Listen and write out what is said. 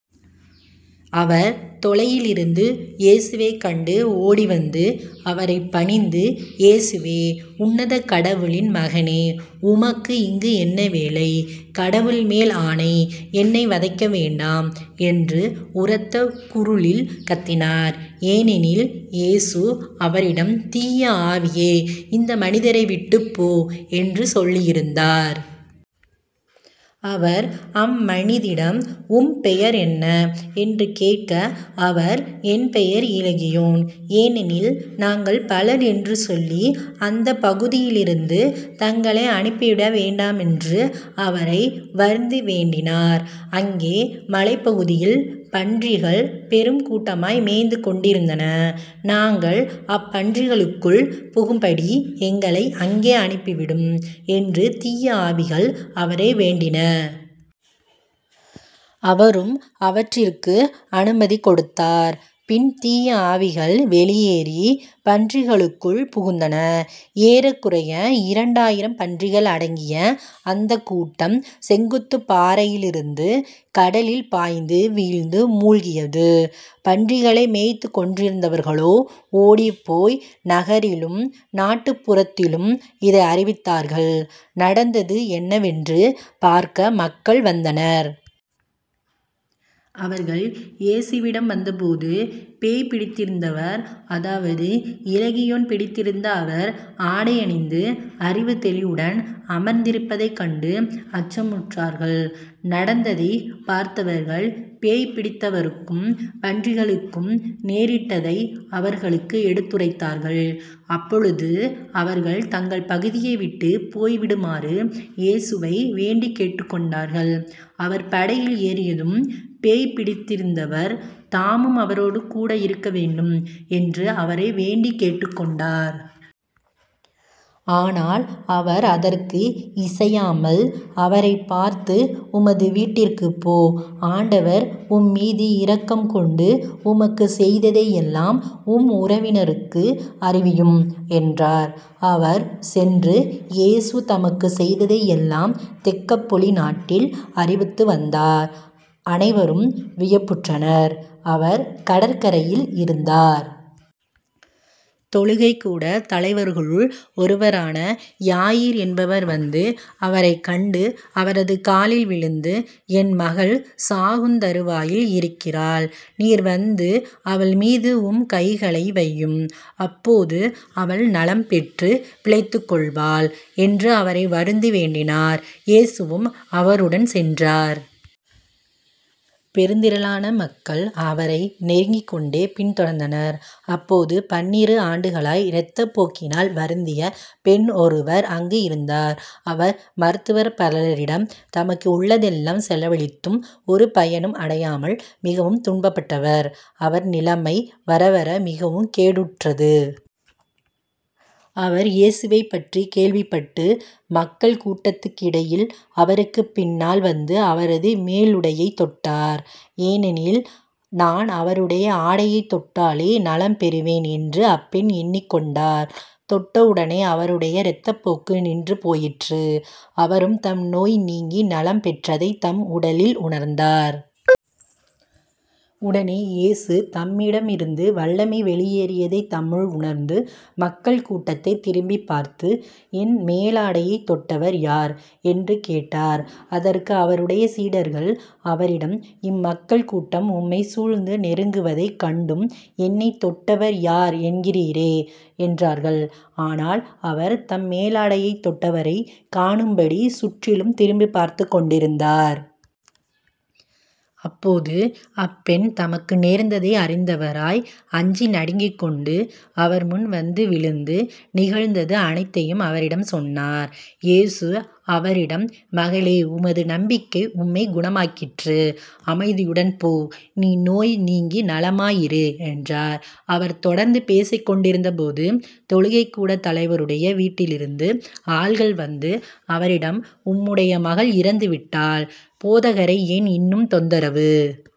அவர் தொலையிலிருந்து இயேசுவைக் கண்டு ஓடிவந்து அவரைப் பணிந்து இயேசுவே உன்னத கடவுளின் மகனே உமக்கு இங்கு என்ன வேலை? கடவுள் மேல் ஆணை. என்னை வதைக்க வேண்டாம் என்று உரத்த குருலில் கத்தினார். ஏனெனில் இயேசு அவரிடம் தீய ஆவியே இந்த மனிதரை விட்டுப் போ என்று சொல்லியிருந்தார். அவர் அம்மனிதிடம் உம் பெயர் என்ன? என்று கேட்க அவர் என் பெயர் இலேகியோன் ஏனெனில் நாங்கள் பலர் என்று சொல்லி அந்தப் பகுதியிலிருந்து தங்களை அனுப்பிவிட வேண்டாமென்று அவரை வருந்தி வேண்டினார். அங்கே மலைப்பகுதியில் பன்றிகள் பெருங் கூட்டமாய் மேய்ந்து கொண்டிருந்தன. நாங்கள் அப்பன்றிகளுக்குள் புகும்படி எங்களை அங்கே அனுப்பிவிடும் என்று தீய ஆவிகள் அவரை வேண்டின. அவரும் அவற்றுக்கு அனுமதி கொடுத்தார். பின் தீய ஆவிகள் வெளியேறிப் பன்றிகளுக்குள் புகுந்தன. ஏறக்குறைய இரண்டாயிரம் பன்றிகள் அடங்கிய அந்தக் கூட்டம் செங்குத்துப் பாறையிலிருந்து கடலில் பாய்ந்து வீழ்ந்து மூழ்கியது. பன்றிகளை மேய்த்துக்கொண்டிருந்தவர்களோ ஓடிப்போய் நகரிலும் நாட்டுப்புறத்திலும் இதை அறிவித்தார்கள். நடந்தது என்னவென்று பார்க்க மக்கள் வந்தனர். அவர்கள் இயேசுவிடம் வந்தபோது பேய் பிடித்திருந்தவர் அதாவது இலேகியோன் பிடித்திருந்த அவர் ஆடையணிந்து அறிவுத் தெளிவுடன் அமர்ந்திருப்பதைக் கண்டு அச்சமுற்றார்கள். நடந்ததைப் பார்த்தவர்கள் பேய் பிடித்தவருக்கும் பன்றிகளுக்கும் நேரிட்டதை அவர்களுக்கு எடுத்துரைத்தார்கள். அப்பொழுது அவர்கள் தங்கள் பகுதியை விட்டுப் போய்விடுமாறு இயேசுவை வேண்டிக்கொண்டார்கள். அவர் படகில் ஏறியதும் பேய் பிடித்திருந்தவர் தாமும் அவரோடு கூட இருக்க வேண்டும் என்று அவரை வேண்டிக்கொண்டார். ஆனால் அவர் அதற்கு இசையாமல், அவரைப் பார்த்து உமது வீட்டிற்குப் போய் ஆண்டவர் உம்மீது இரக்கங் கொண்டு உமக்குச் செய்ததையெல்லாம் உம் உறவினருக்கு அறிவியும் என்றார். அவர் சென்று இயேசு தமக்குச் செய்ததையெல்லாம் தெக்கப்பொலி நாட்டில் அறிவித்து வந்தார். அனைவரும் வியப்புற்றனர். அவர் கடற்கரையில் இருந்தார். தொழுகைக் கூடத் தலைவர்களுள் ஒருவரான யாயிர் என்பவர் வந்து அவரைக் கண்டு அவரது காலில் விழுந்து என் மகள் சாகுந்தறுவாயில் இருக்கிறாள். நீர் வந்து அவள்மீது உம் கைகளை வையும். அப்போது அவள் நலம் பெற்றுப் பிழைத்துக்கொள்வாள் என்று அவரை வருந்தி வேண்டினார். இயேசுவும் அவருடன் சென்றார். பெருந்திரளான மக்கள் அவரை நெருக்கிக் கொண்டே பின்தொடர்ந்தனர். அப்போது பன்னிரு ஆண்டுகளாய் இரத்தப் போக்கினால் வருந்திய பெண் ஒருவர் அங்கு இருந்தார். அவர் மருத்துவர் பலரிடம் தமக்கு உள்ளதெல்லாம் செலவழித்தும் ஒரு பயனும் அடையாமல் மிகவும் துன்பப்பட்டவர். அவர் நிலைமை வர வர மிகவும் கேடுற்றது. அவர் இயேசுவைப்பற்றிக் கேள்விப்பட்டு மக்கள் கூட்டத்துக்கிடையில் அவருக்குப் பின்னால் வந்து அவரது மேலுடையைத் தொட்டார். ஏனெனில் நான் அவருடைய ஆடையைத் தொட்டாலே நலம் பெறுவேன் என்று அப்பெண் எண்ணிக் கொண்டார். தொட்ட உடனே அவருடைய இரத்தப் போக்கு நின்று போயிற்று. அவரும் தம் நோய் நீங்கி நலம் பெற்றதைத் தம் உடலில் உணர்ந்தார். உடனே இயேசு தம்மிடமிருந்து வல்லமை வெளியேறியதைத் தம்முள் உணர்ந்து மக்கள் கூட்டத்தைத் திரும்பிப் பார்த்து,"என் மேலுடையைத் தொட்டவர் யார்? என்று கேட்டார். அதற்கு அவருடைய சீடர்கள் அவரிடம் இம்மக்கள் கூட்டம் உம்மைச் சூழ்ந்து நெருக்குவதைக் கண்டும் என்னைத் தொட்டவர் யார்? " என்கிறீரே. என்றார்கள். ஆனால் அவர் தம் மேலுடையைத் தொட்டவரைக் காணும்படி சுற்றிலும் திரும்பிப் பார்த்துக் கொண்டிருந்தார். அப்போது அப்பெண் தமக்கு நேர்ந்ததை அறிந்தவராய், அஞ்சி நடுங்கிக்கொண்டு, அவர்முன் வந்து விழுந்து, நிகழ்ந்தது அனைத்தையும் அவரிடம் சொன்னார். இயேசு அவரிடம் மகளே உனது நம்பிக்கை உன்னைக் குணமாக்கிற்று. அமைதியுடன் போ. நீ நோய் நீங்கி நலமாயிரு என்றார். அவர் தொடர்ந்து பேசிக்கொண்டிருந்தபோது, தொழுகைக் கூடத் தலைவருடைய வீட்டிலிருந்து ஆள்கள் வந்து, அவரிடம் உம்முடைய மகள் இறந்துவிட்டாள். போதகரை ஏன் இன்னும் தொந்தரவு